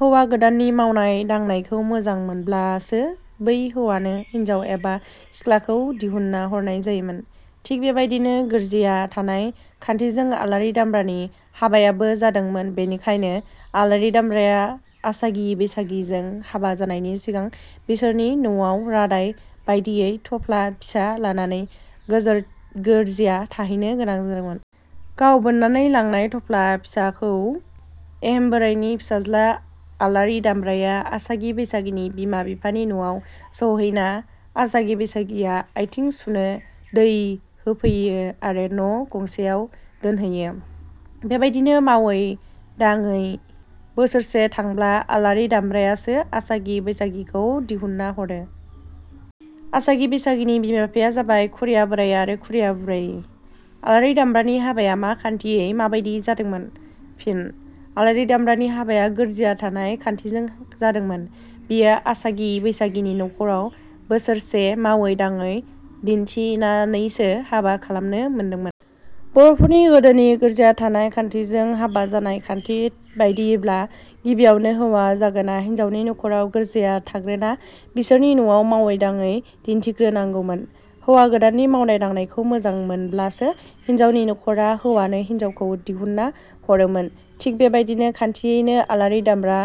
हौवा गोदाननि मावनाय-दांनायखौ मोजां मोनब्लासो बै हौवानो हिनजाव एबा सिख्लाखौ दिहुनना हरनाय जायोमोन। थिग बेबादिनो गोरजिया थानाय खान्थिजों आलारि दामब्रानि हाबायाबो जादोंमोन बनिखायनो आलारि दामब्राया आसागि बैसागिजों हाबा जानायनि सिगां बिसोरनि नवाव रादाय बादियै थफ्ला फिसा लानानै गोरजिया थाहैनो गोनां जादोंमोन। गाव बोननानै लांनाय थफ्ला फिसाखौ एहेम बोराइनि फिसाज्ला आलारि दामब्राया आसागि बैसागिनि बिमा बिफानि न'आव सहैना आसागि बैसागिया आथिं सुनो दै होफैयो आरो न' गंसेयाव दोनहैयो। बेबादिनो मावै थाङै बोसोरसे थांब्ला अलारि दामब्रानो आसागि बैसागिखौ दिहुनना हरो। आसागि बैसागिनि बिमा बिफाया जाबाय खुरिया बोराइ आरो खुरिया बुरै।. आलारि दामब्रानि हाबाया मा खान्थियै माबादियै जादोंमोन? फिनः आलारि दामब्रानि हाबाया गोरजिया थानाय खान्थिजों जादोंमोन। बियो आसागि बैसागिनि नख'राव बोसोरसे मावै दाङै दिन्थिनानैसो हाबा खालामनो मोनदोंमोन। बर'फोरनि गोदोनि गोरजिया थानाय खान्थिजों हाबा जानाय खान्थि बादियैब्ला गिबियावनो हौवा जागोना हिनजावनि नख'राव गोरजिया थाग्रोना बिसोरनि न'आव मावै-दाङै दिन्थिग्रोनांगौमोन। हौवा गोदाननि मावनाय-दांनायखौ मोजां मोनब्लासो हिनजावनि नखारा हौवानो हिनजावखौ दिहुनना हरोमोन। थिग बेबादि खान्थियैनो आलारि दामब्रा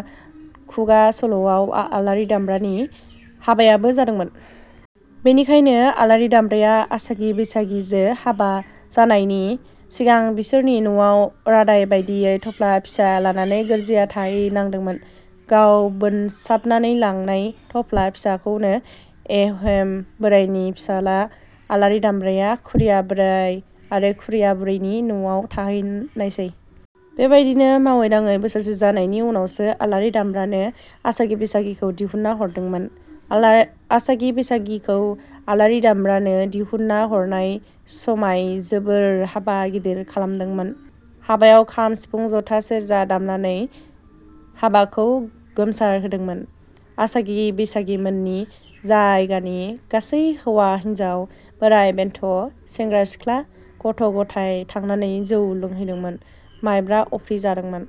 खुगा सल'आव आलारि दामब्रानि हाबायाबो जादोंमोन। बेनिखायनो आलारि दामब्राया आसागि बैसागिजो हाबा जानायनि सिगां बिसोरनि न'आव रादाय बादियै थफ्ला फिसा लानानै गोरजिया थाहैनांदोंमोन। गाव बोनसाबनानै लांनाय थफ्ला फिसाखौनो एहेम बोराइनि फिसाला आलारि दामब्राया खुरिया बोराइ आरो खुरिया बुरैनि नवाव थाहैनायसै। बेबादिनो मावै दाङै बोसोरसे जानायनि उनावसो अमलारि दामब्रानो आसागि बैसागिखौ दिहुनना हरदो़मोन। आसागि बैसागिखौ आलारि दामब्रानो दिहुनना हरनाय समाय जोबोर हाबा गिदिर खालामदोंमोन। हाबायाव खाम, सिफुं, जथा, सेरजा दामनानै हाबाखौ गोमसार होदोंमोन। आसागि बैसागिमोननि जायगानि गासै हौवा हिनजाव, बोराइ-बेन्थ', सेंग्रा-सिख्ला, गथ'- गथाइ थांनानै जौ लोंहैदों, माइब्रा- अफ्रि जादों।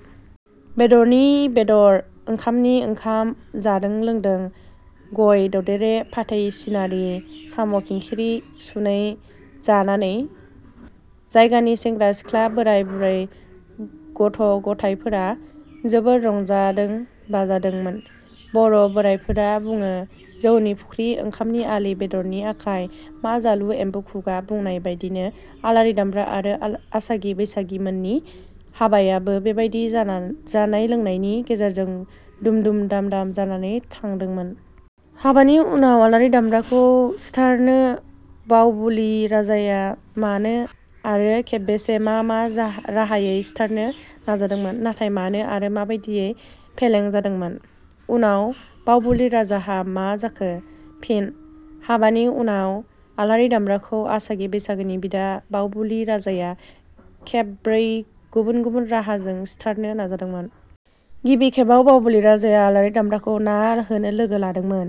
बेदरनि बेदर, ओंखामनि ओंखाम जादों लोंदों, गय देदेरे, फाथै सिनारि, साम' खिंखिरि सुनै- जानानै जायगानि सेंग्रा- सिख्ला, बोराइ-बुरै, गगथ'-गथायफोरा जोबोर रंजादों बाजादोंमोन। बर' बोराइफोरा बुङो- जौनि फुख्रि, ओंखामनि आलि, बेदरनि आखाय मा जालु एमबु खुगा बुंनाय बादिनो आलारि दामब्रा आरो आसागि बैसागिमोननि हाबायाबो बेबादि जानाय लोंनायनि गेजेरजों दुम-दुम दाम-दाम जानानै थांदोंमोन।. हाबानि उनाव गिलारि दामब्राखौ सिथारनो बावबुलि राजाया मानो आरो खेबबेसे मा मा राहायै सिथारनो नाजादोंमोन। नाथाय मानो आरो माबादियै फेलें जानांदोंमोन? उनाव बावबुलि राजाहा मा जाखो? फिन: हाबानि उनाव आलारि दामब्राखौ आसागि बैसागिनि बिदा बावबुलि राजाया खेब ब्रै गुबुन गुबुन राहाजों सिथारनो नाजादोंमोन। गिबि खेबाव बावबुलि राजाया आलारि दामब्राखौ ना होनो लोगो लादोंमोन।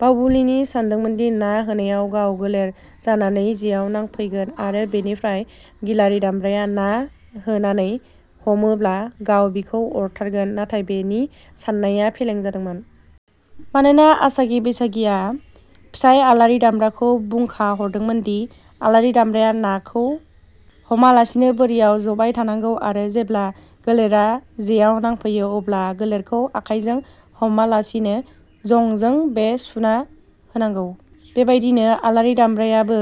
बावबुलिनि सानदोंमोनदि ना होनायाव गाव गोलेर जानानै जेयाव नांफैगोन आरो बेनिफ्राय गिलारि दामब्राया ना होननानै हमोब्ला गाव बिखौ अरथारगोन। नाथाइ बेनि साननाया फेलें जादोंमोन। मानोना आसागि बैसागिया। फिसाइ आलारि दामब्राखौ बुंखा हरदोंमोनदि- आलारि दामब्राया नाखौ हमालासिनो बोरियाव ज'बाय थानांगौ आरो जेब्ला गोलेरा जेयाव नांफैयो अब्ला गोलेरखौ आखाइजों हमालासिनो जंजों बे सुना होनांगौ। बेबादिनो आलारि दामब्रायाबो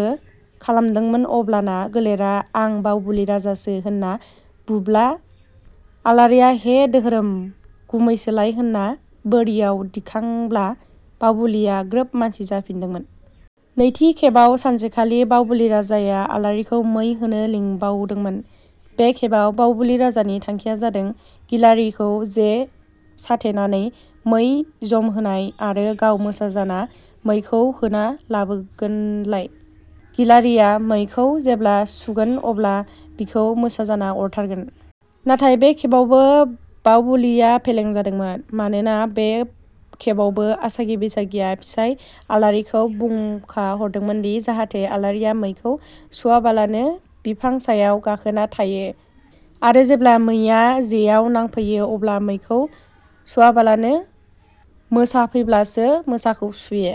खालामदोंमोन अब्लाना गोलेरा आं बावबुलि राजासो होनना बुब्ला आलारिया हे दोहोरोम गुमैसोलाय होनना बोरियाव दिखांब्ला बावबुलिया ग्रोब मानसि जाफिनदोंमोन। नैथि खेबाव सानसेखालि बावबुलि राजाया आलारिखौ मै होनो लिंबावदोंमोन। बे खेबाव बावबुलि राजानि थांखिया जादों गिलारिखौ जे साथेनानै मै जमहोनाय आरो गाव मोसा जाना मैखौ होना लाबोगोनाय। गिलारिया मैखौ जेब्ला सुगोन अब्ला बिखौ मोसा जाना अरथारगोन। नाथाय बे खेबावबो बावबुलिया फेलें जादोंमोन। मानोना बे खेबावबो आसागि बैसागिया फिसाइ आलारिखौ बुंखा हरदोंमोनदि- जाहाथे आलारिया मैखौ सुवाबालानो बिफां सायाव गाखोना थायो आरो जेब्ला मैआ जेआव नांफैयो अब्ला मैखौ सुवाबालानो मोसा फैब्लासो मोसाखौ सुयो।